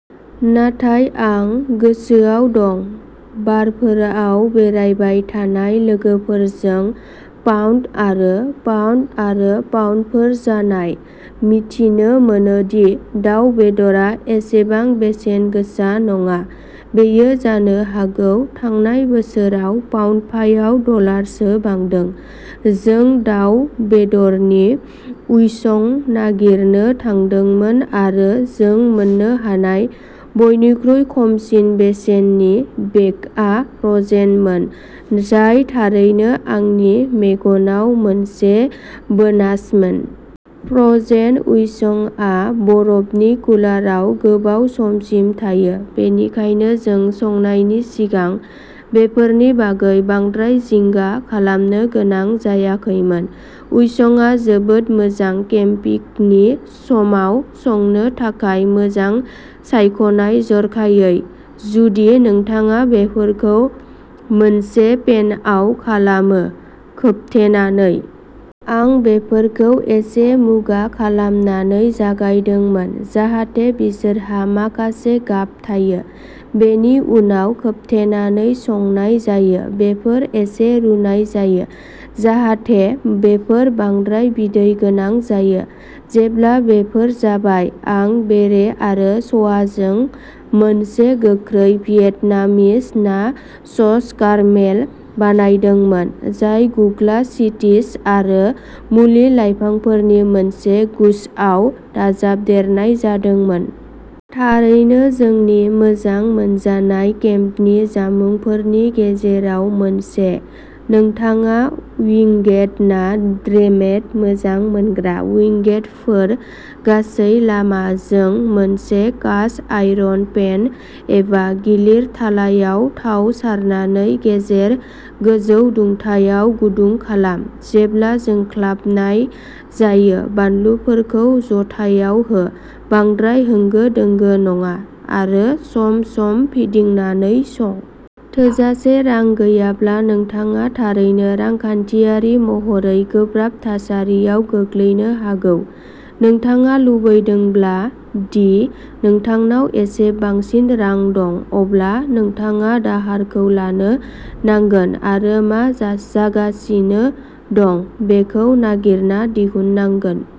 नाथाय आं गोसोआव दं, बारफोराव बेरायबाय थानाय लोगोफोरजों पाउण्ड आरो पाउण्ड आरो पाउण्डफोर जानाय। मिथिनो मोनोदि दाव बेदरआ एसेबां बेसेन गोसा नङा। बेयो जानो हागौ थांनाय बोसोराव पाउण्डफायाव डलारसो बांदों। जों दाव बेदरनि उइंस नागिरनो थांदोंमोन आरो जों मोन्नो हानाय बयनिख्रुइ खमसिन बेसेननि बेगआ फ्र'जेनमोन, जाय थारैनो आंनि मेगनाव मोनसे बोनासमोन। फ्र'जेन उइंसआ बरफनि कुलाराव गोबाव समसिम थायो, बेनिखायनो जों संनायनि सिगां बेफोरनि बागै बांद्राय जिंगा खालामनो गोनां जायाखैमोन। उइंसआ जोबोद मोजां। केम्पिंगनि समाव संनो थाखाय मोजां सायख'नाय, जर'खायै जुदि नोंथाङा बेफोरखौ मोनसे पेनआव खालामो, खोबथेनानै। आं बेफोरखौ एसे मुगा खालामनानै जागायदोंमोन जाहाथे बिसोरहा माखासे गाब थायो, बेनि उनाव खोबथेनानै संनाय जायो-बेफोर एसे रुनाय जायो जाहाथे बेफोर बांद्राय बिदै गोनां जायो। जेब्ला बेफोर जाबाय, आं बेरे आरो सयाजों मोनसे गोख्रै भियेटनामीस ना सस कारमेल बानायदोंमोन, जाय गुग्ला सिशित'आरो मुलि-लाइफांफोरनि मोनसे गुच्छआव दाजाबदेरनाय जादोंमोन। थारैनो जोंनि मोजां मोनजानाय केम्पनि जामुंफोरनि गेजेराव मोनसे! -नोंथाङा उइंगेट ना ड्रमेट मोजां मोनग्रा? उइंगेटफोर गासै लामाजों! मोनसे कास्ट-आयरन पेन एबा गिलिर थालायाव थाव सारनानै गेजेर गोजौ दुंथायाव गुदुं खालाम। जेब्ला जोंख्लाबनाय जायो, बानलुफोरखौ ज'थायाव हो, बांद्राय होंगो-दोंगो नङा, आरो सम-सम फिदिंनानै सं। थोजासे रां गैयाब्ला नोंथाङा थारैनो रांखान्थियारि महरै गोब्राब थासारियाव गोग्लैनो हागौ। नोंथाङा लुबैदोंब्ला दि नोंथांनाव एसे बांसिन रां दं, अब्ला नोंथाङा दाहारखौ लानो नांगोन आरो मा जागासिनो दं बेखौ नागिरना दिहुननांगोन।